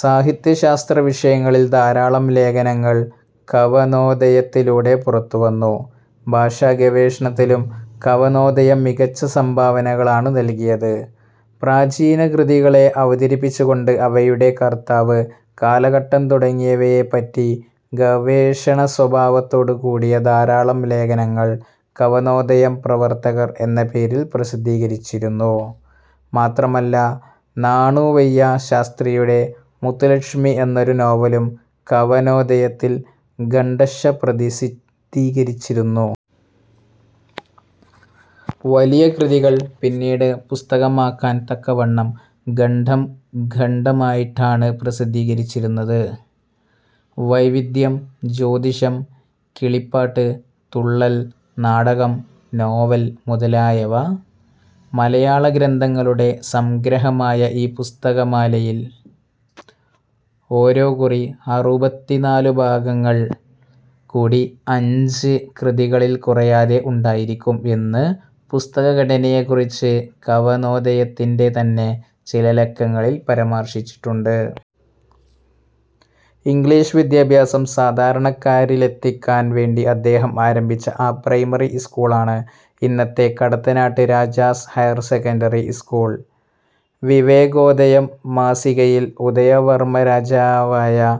സാഹിത്യ-ശാസ്ത്ര വിഷയങ്ങളിൽ ധാരാളം ലേഖനങ്ങൾ കവനോദയത്തിലൂടെ പുറത്തുവന്നു. ഭാഷാഗവേഷണത്തിലും കവനോദയം മികച്ച സംഭാവനകളാണു നല്കിയത്. പ്രാചീനകൃതികളെ അവതരിപ്പിച്ചുകൊണ്ട് അവയുടെ കർത്താവ്, കാലഘട്ടം തുടങ്ങിയവയെപ്പറ്റി ഗവേഷണസ്വഭാവത്തോടുകൂടിയ ധാരാളം ലേഖനങ്ങൾ 'കവനോദയം പ്രവർത്തകർ' എന്ന പേരിൽ പ്രസിദ്ധീകരിച്ചിരുന്നു. മാത്രമല്ല നാണുവയ്യാ ശാസ്ത്രിയുടെ മുത്തുലക്ഷ്മി എന്നൊരു നോവലും കവനോദയത്തിൽ ഖണ്ഡശ്ശ പ്രസിദ്ധീകരിച്ചിരുന്നു. വലിയകൃതികൾ പിന്നീട് പുസ്തകമാക്കാൻ തക്കവണ്ണം ഖണ്ഡം ഖണ്ഡമായിട്ടാണ് പ്രസിദ്ധീകരിച്ചിരുന്നത്. 'വൈദ്യം, ജ്യോതിഷം, കിളിപ്പാട്ട്, തുള്ളൽ, നാടകം, നോവൽ മുതലയ മലയാള ഗ്രന്ഥങ്ങളുടെ സംഗ്രഹമായ ഈ പുസ്തകമാലയിൽ ഓരോകുറി അറുപത്തിനാലു ഭാഗങ്ങളിൽ കൂടി അഞ്ച് കൃതികളിൽ കുറയാതെ ഉണ്ടായിരിക്കും' എന്ന് പുസ്തക ഘടനയെക്കുറിച്ച് കവനോദയത്തിന്റെ തന്നെ ചില ലക്കങ്ങളിൽ പരാമർശിച്ചിട്ടുണ്ട്. ഇംഗ്ലീഷ് വിദ്യാഭ്യാസം സാധാരണക്കാരിലെത്തിക്കാൻ വേണ്ടി അദ്ദേഹം ആരംഭിച്ച ആ പ്രൈമറി സ്കൂളാണ് ഇന്നത്തെ കടത്തനാട്ട് രാജാസ് ഹയർസെക്കന്ററി സ്കൂൾ. വിവേകോദയം മാസികയിൽ ഉദയവർമ്മരജയെ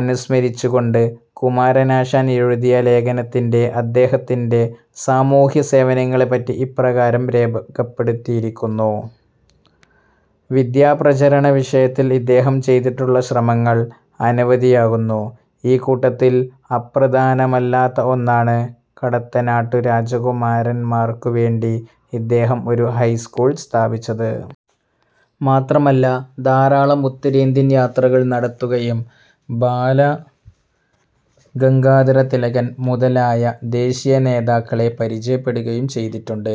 അനുസ്മരിച്ചുകൊണ്ട് കുമാരനാശാൻ എഴുതിയ ലേഖനത്തിൽ അദ്ദേഹത്തിന്റെ സാമൂഹ്യസേവനങ്ങളെപ്പറ്റി ഇപ്രകാരം രേഖപ്പെടുത്തിയിരിക്കുന്നു:'വിദ്യാപ്രചരണ വിഷയത്തിൽ ഇദ്ദേഹം ചെയ്തിട്ടുള്ള ശ്രമങ്ങൾ അനവധിയാകുന്നു. ഈ കൂട്ടത്തിൽ അപ്രധാനമല്ലാത്ത ഒന്നാണ് കടത്തനാട്ടു രാജകുമാരന്മാർക്കുവേണ്ടി ഇദ്ദേഹം ഒരു ഹൈസ്കൂൾ സ്ഥാപിച്ചത്. മാത്രമല്ല ധാരാളം ഉത്തരേന്ത്യൻ യാത്രകൾ നടത്തുകയും ബാലഗംഗാധരതിലകൻ മുതലായ ദേശീയനേതാക്കളെ പരിചയപ്പെടുകയും ചെയ്ചിട്ടുണ്ട്.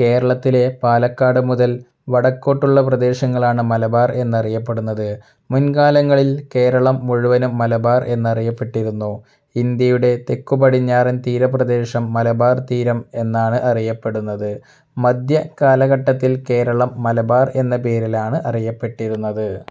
കേരളത്തിലെ പാലക്കാട് മുതൽ വടക്കോട്ടുള്ള പ്രദേശങ്ങളാണ് മലബാർ എന്നറിയപ്പെടുന്നത്. മുൻകാലങ്ങളിൽ കേരളം മുഴുവനും മലബാർ എന്നറിയപ്പെട്ടിരുന്നു. ഇന്ത്യയുടെ തെക്കുപടിഞ്ഞാറൻ തീരപ്രദേശം മലബാർ തീരം എന്നാണ് അറിയപ്പെടുന്നത്. മധ്യ കാലഘട്ടത്തിൽ കേരളം മലബാർ എന്ന പേരിലാണ് അറിയപ്പെട്ടിരുന്നത്.